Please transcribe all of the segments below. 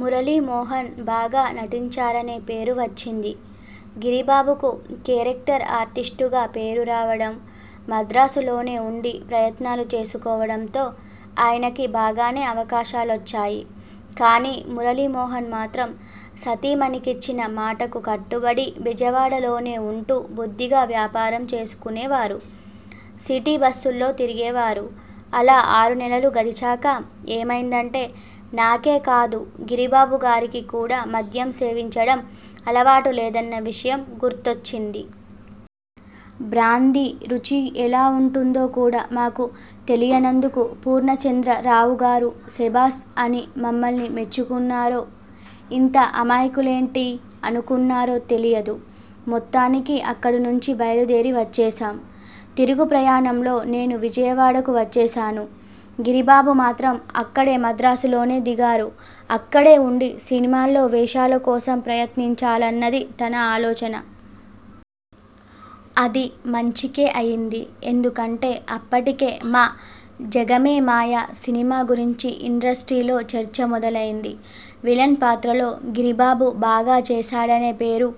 మురళీమోహన్ బాగా నటించారనే పేరు వచ్చింది. గిరిబాబుకు కేరక్టర్ ఆర్టిస్టుగా పేరు రావడం, మద్రాసులోనే ఉండి ప్రయత్నాలు చేసుకోవడంతో ఆయనకి బాగానే అవకాశాలొచ్చాయి. కానీ మురళీమోహన్ మాత్రం సతీమణికిచ్చిన మాటకు కట్టుబడి బెజవాడ లోనే ఉంటూ బుద్ధిగా వ్యాపారం చేసుకునేవారు. సిటీ బస్సుల్లో తిరిగేవారు. అలా ఆరునెలలు గడిచాక ఏమైందంటే నాకే కాదు గిరిబాబుగారికి కూడా మద్యం సేవించడం అలవాటులేదన్న విషయం గుర్తొచ్చింది. బ్రాందీ రుచి ఎలా ఉంటుందో కూడా మాకు తెలియనందుకు పూర్ణచంద్రరావుగారు 'సెబాసు' అని మమ్మల్ని మెచ్చుకున్నారో, 'ఇంత అమాయకులేంటి? ' అనుకున్నారో తెలియదు. మొత్తానికి అక్కడినుంచి బయలుదేరి వచ్చేశాం. తిరుగుప్రయాణంలో నేను విజయవాడకు వచ్చేశాను. గిరిబాబు మాత్రం మద్రాసులోనే దిగారు. అక్కడే ఉండి సినిమాల్లో వేషాలకోసం ప్రయత్నించాలన్నది తన ఆలోచన. అది మంచికే అయింది. ఎందుకంటే అప్పటికే మా 'జగమే మాయ' సినిమా గురించి ఇండస్ట్రీ లో చర్చ మొదలైంది. విలన్ పాత్రలో గిరిబాబు బాగా చేశాడనే పేరు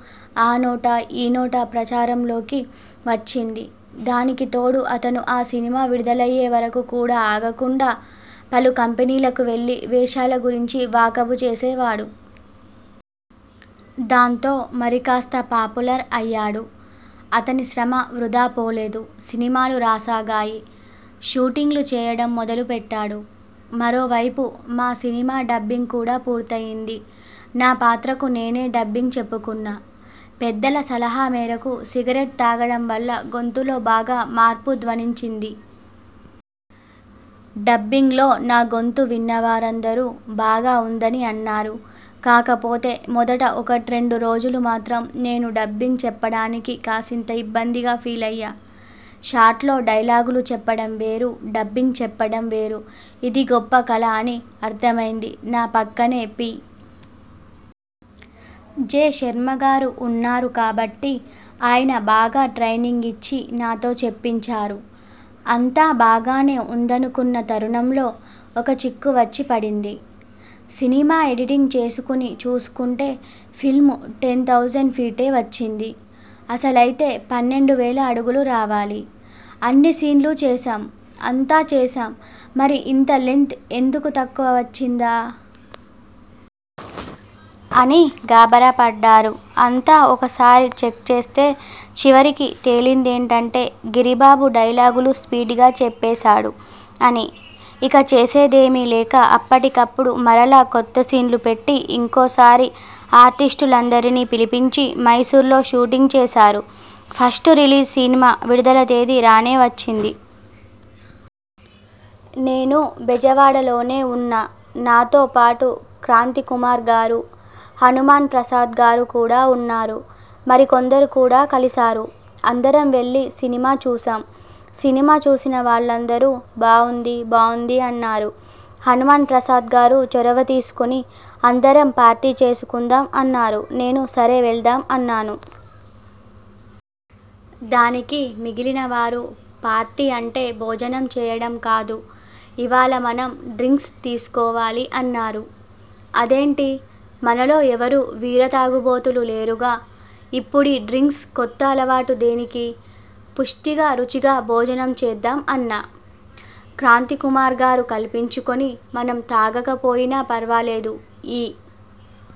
ఆ నోటా ఈ నోటా ప్రచారంలోకి వచ్చింది. దానికి తోడు అతను ఆ సినిమా విడుదలయ్యే వరకు కూడా ఆగకుండా, పలు కంపెనీలకు వెళ్లి వేషాల గురించి వాకబు చేసేవాడు. దాంతో మరికాస్త పాపులర్ అయ్యాడు. అతని శ్రమ వృథా పోలేదు. సినిమాలు రాసాగాయి. షూటింగ్లు చేయడం మొదలు పెట్టాడు. మరోవైపు మా సినిమా డబ్బింగ్ కూడా పూర్తయింది. నా పాత్రకు నేనే డబ్బింగ్ చెప్పుకున్నా. పెద్దల సలహా మేరకు సిగరెట్ తాగడం వల్ల గొంతులో బాగా మార్పు ధ్వనించింది. డబ్బింగ్లో నా గొంతు విన్నవారందరూ బాగా ఉందని అన్నారు. కాకపోతే మొదట ఒకట్రెండు రోజులు మాత్రం నేను డబ్బింగ్ చెప్పడానికి కాసింత ఇబ్బందిగా ఫీలయ్యా. షాట్లో డైలాగులు చెప్పడం వేరు డబ్బింగ్ చెప్పడం వేరు. ఇది గొప్ప కళ అని అర్థమైంది. నా పక్కనే పి. జె. శర్మగారు ఉన్నారు కాబట్టి, ఆయన బాగా ట్రైనింగ్ ఇచ్చి నాతో చెప్పించారు. అంతా బాగానే ఉందనుకున్న తరుణంలో ఒక చిక్కు వచ్చి పడింది. సినిమా ఎడిటింగ్ చేసుకుని చూసుకుంటే ఫిల్మ్ టెన్ థౌజండ్ ఫీటే వచ్చింది. అసలైతే పన్నెండు వేల అడుగులు రావాలి. 'అన్ని సీన్లు చేశాం, అంతా చేశాం, మరి ఇంత లెంగ్త్ ఎందుకు తక్కువ వచ్చిందా? ' అని గాబరాపడ్డారు. అంతా ఒకసారి చెక్ చేస్తే చివరికి తేలిందేంటంటే, 'గిరిబాబు డైలాగులు స్పీడ్గా చెప్పేశాడు' అని. ఇక చేసేదేమీ లేక అప్పటికప్పుడు మరలా కొత్తసీన్లు పెట్టి ఇంకోసారి ఆర్టిస్టులందరినీ పిలిపించి మైసూర్లో షూటింగ్ చేశారు. ఫస్ట్ రిలీజ్ సినిమా విడుదల తేదీ రానే వచ్చింది. నేను బెజవాడలోనే ఉన్నా. నాతో పాటు క్రాంతికుమార్గారు, హనుమాన్ ప్రాసాద్గారు కూడా ఉన్నారు. మరికొందరు కూడా కలిశారు. అందరం వెళ్లి సినిమా చూశాం. సినిమా చూసిన వాళ్లందరూ 'బావుంది బావుంది' అన్నారు. హనుమాన్ ప్రసాద్ గారు చొరవ తీసుకుని 'అందరం పార్టీ చేసుకుందాం' అన్నారు. నేను 'సరే వెళ్దాం' అన్నాను. దానికి మిగిలినవారు 'పార్టీ అంటే భోజనం చేయడం కాదు, ఇవాళ మనం డ్రింక్స్ తీసుకోవాలి' అన్నారు. 'అదేంటీ, మనలో ఎవరూ వీర తాగుబోతులు లేరుగా, ఇప్పుడీ డ్రింక్స్ కొత్త అలవాటు దేనికీ? పుష్టిగా రుచిగా భోజనం చేద్దాం' అన్నా. క్రాంతికుమార్గారు కల్పించుకుని మనం తాగకపోయినా ఫర్వాలేదు, ఈ